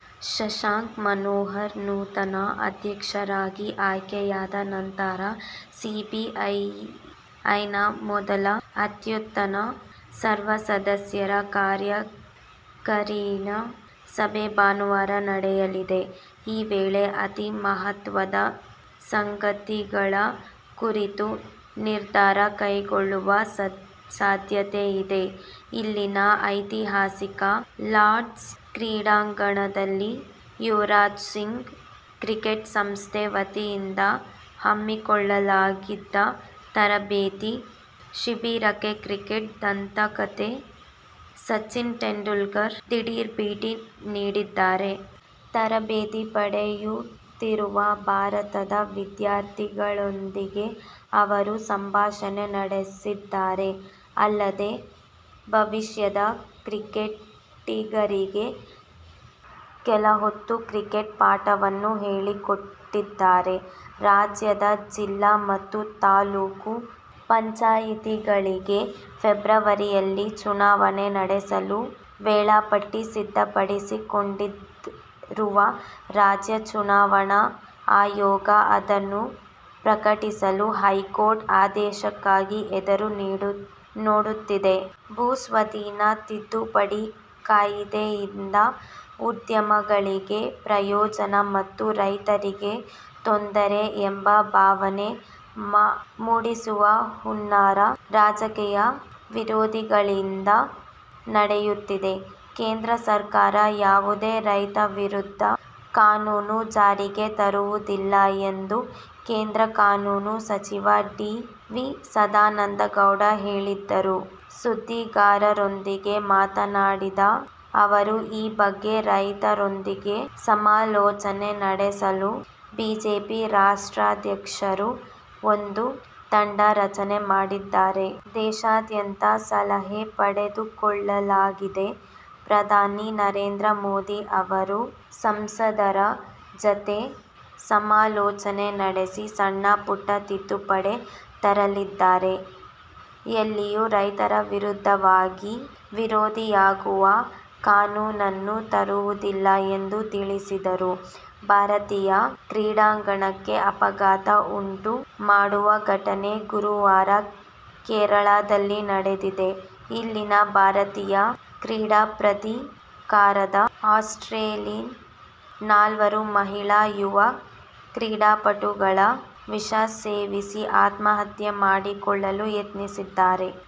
ಶಶಾಂಕ್ ಮನೋಹರ್ ನೂತನ ಅಧ್ಯಕ್ಷರಾಗಿ ಆಯ್ಕೆಯಾದ ನಂತರ ಬಿಸಿಸಿಐನ ಮೊದಲ ಅತ್ಯುನ್ನತ ಸರ್ವಸದಸ್ಯರ ಕಾರ್ಯಕಾರಿಣಿ ಸಭೆ ಭಾನುವಾರ ನಡೆಯಲಿದೆ. ಈ ವೇಳೆ ಅತಿ ಮಹತ್ವದ ಸಂಗತಿಗಳ ಕುರಿತು ನಿರ್ಧಾರ ಕೈಗೊಳ್ಳುವ ಸಾಧ್ಯತೆಯಿದೆ. ಇಲ್ಲಿನ ಐತಿಹಾಸಿಕ ಲಾರ್ಡ್ಸ್ ಕ್ರೀಡಾಂಗಣದಲ್ಲಿ ಯುವರಾಜ್ ಸಿಂಗ್ ಕ್ರಿಕೆಟ್ ಸಂಸ್ಥೆ ವತಿಯಿಂದ ಹಮ್ಮಿಕೊಳ್ಳಲಾಗಿದ್ದ ತರಬೇತಿ ಶಿಬಿರಕ್ಕೆ ಕ್ರಿಕೆಟ್ ದಂತಕತೆ ಸಚಿನ್ ತೆಂಡುಲ್ಕರ್ ದಿಢೀರ್ ಭೇಟಿ ನೀಡಿದ್ದಾರೆ. ತರಬೇತಿ ಪಡೆಯುತ್ತಿರುವ ಭಾರತದ ವಿದ್ಯಾರ್ಥಿಗಳೊಂದಿಗೆ ಅವರು ಸಂಭಾಷಣೆ ನಡೆಸಿದ್ದಾರೆ. ಅಲ್ಲದೆ ಭವಿಷ್ಯದ ಕ್ರಿಕೆಟಿಗರಿಗೆ ಕೆಲ ಹೊತ್ತು ಕ್ರಿಕೆಟ್ ಪಾಠವನ್ನೂ ಹೇಳಿಕೊಟ್ಟಿದ್ದಾರೆ. ರಾಜ್ಯದ ಜಿಲ್ಲಾ ಮತ್ತು ತಾಲೂಕು ಪಂಚಾಯ್ತಿಗಳಿಗೆ ಫೆಬ್ರವರಿಯಲ್ಲಿ ಚುನಾವಣೆ ನಡೆಸಲು ವೇಳಾಪಟ್ಟಿ ಸಿದ್ಧಪಡಿಸಿಕೊಂಡಿರುವ ರಾಜ್ಯ ಚುನಾವಣಾ ಆಯೋಗ, ಅದನ್ನು ಪ್ರಕಟಿಸಲು ಹೈಕೋರ್ಟ್ ಆದೇಶಕ್ಕಾಗಿ ಎದುರು ನೋಡುತ್ತಿದೆ. ಭೂ ಸ್ವಾಧೀನ ತಿದ್ದುಪಡಿ ಕಾಯಿದೆಯಿಂದ ಉದ್ಯಮಗಳಿಗೆ ಪ್ರಯೋಜನ ಮತ್ತು ರೈತರಿಗೆ ತೊಂದರೆ ಎಂಬ ಭಾವನೆ ಮೂಡಿಸುವ ಹುನ್ನಾರ ರಾಜಕೀಯ ವಿರೋಧಿಗಳಿಂದ ನಡೆಯುತ್ತಿದೆ. ಕೇಂದ್ರ ಸರ್ಕಾರ ಯಾವುದೇ ರೈತ ವಿರೋಧಿ ಕಾನೂನು ಜಾರಿಗೆ ತರುವುದಿಲ್ಲ ಎಂದು ಕೇಂದ್ರ ಕಾನೂನು ಸಚಿವ ಡಿ. ವಿ. ಸದಾನಂದಗೌಡ ಹೇಳಿದರು. ಸುದ್ದಿಗಾರರೊಂದಿಗೆ ಮಾತನಾಡಿದ ಅವರು, ಈ ಬಗ್ಗೆ ರೈತರೊಂದಿಗೆ ಸಮಾಲೋಚನೆ ನಡೆಸಲು ಬಿಜೆಪಿ ರಾಷ್ಟ್ರಾಧ್ಯಕರು ಒಂದು ತಂಡ ರಚನೆ ಮಾಡಿದ್ದಾರೆ. ದೇಶಾದ್ಯಂತ ಸಲಹೆ ಪಡೆದುಕೊಳ್ಳಲಾಗಿದೆ. ಪ್ರಧಾನಿ ನರೇಂದ್ರ ಮೋದಿ ಅವರು ಸಂಸದರ ಜತೆ ಸಮಾಲೋಚನೆ ನಡೆಸಿ ಸಣ್ಣಪುಟ್ಟ ತಿದ್ದುಪಡಿ ತರಲಿದ್ದಾರೆ. ಎಲ್ಲಿಯೂ ರೈತ ವಿರೋಧಿಯಾಗುವ ಕಾನೂನನ್ನು ತರುವುದಿಲ್ಲ ಎಂದು ತಿಳಿಸಿದರು. ಭಾರತೀಯ ಕ್ರೀಡಾರಂಗಕ್ಕೇ ಆಘಾತ ಉಂಟು ಮಾಡುವ ಘಟನೆ ಗುರುವಾರ ಕೇರಳದಲ್ಲಿ ನಡೆದಿದೆ. ಇಲ್ಲಿನ ಭಾರತೀಯ ಕ್ರೀಡಾ ಪ್ರಾಧಿಕಾರದ ಹಾಸ್ಟೆಲ್ನಲ್ಲಿ ನಾಲ್ವರು ಮಹಿಳಾ ಯುವ ಕ್ರೀಡಾಪಟುಗಳು ವಿಷಸೇವಿಸಿ ಆತ್ಮಹತ್ಯೆ ಮಾಡಿಕೊಳ್ಳಲು ಯತ್ನಿಸಿದ್ದಾರೆ.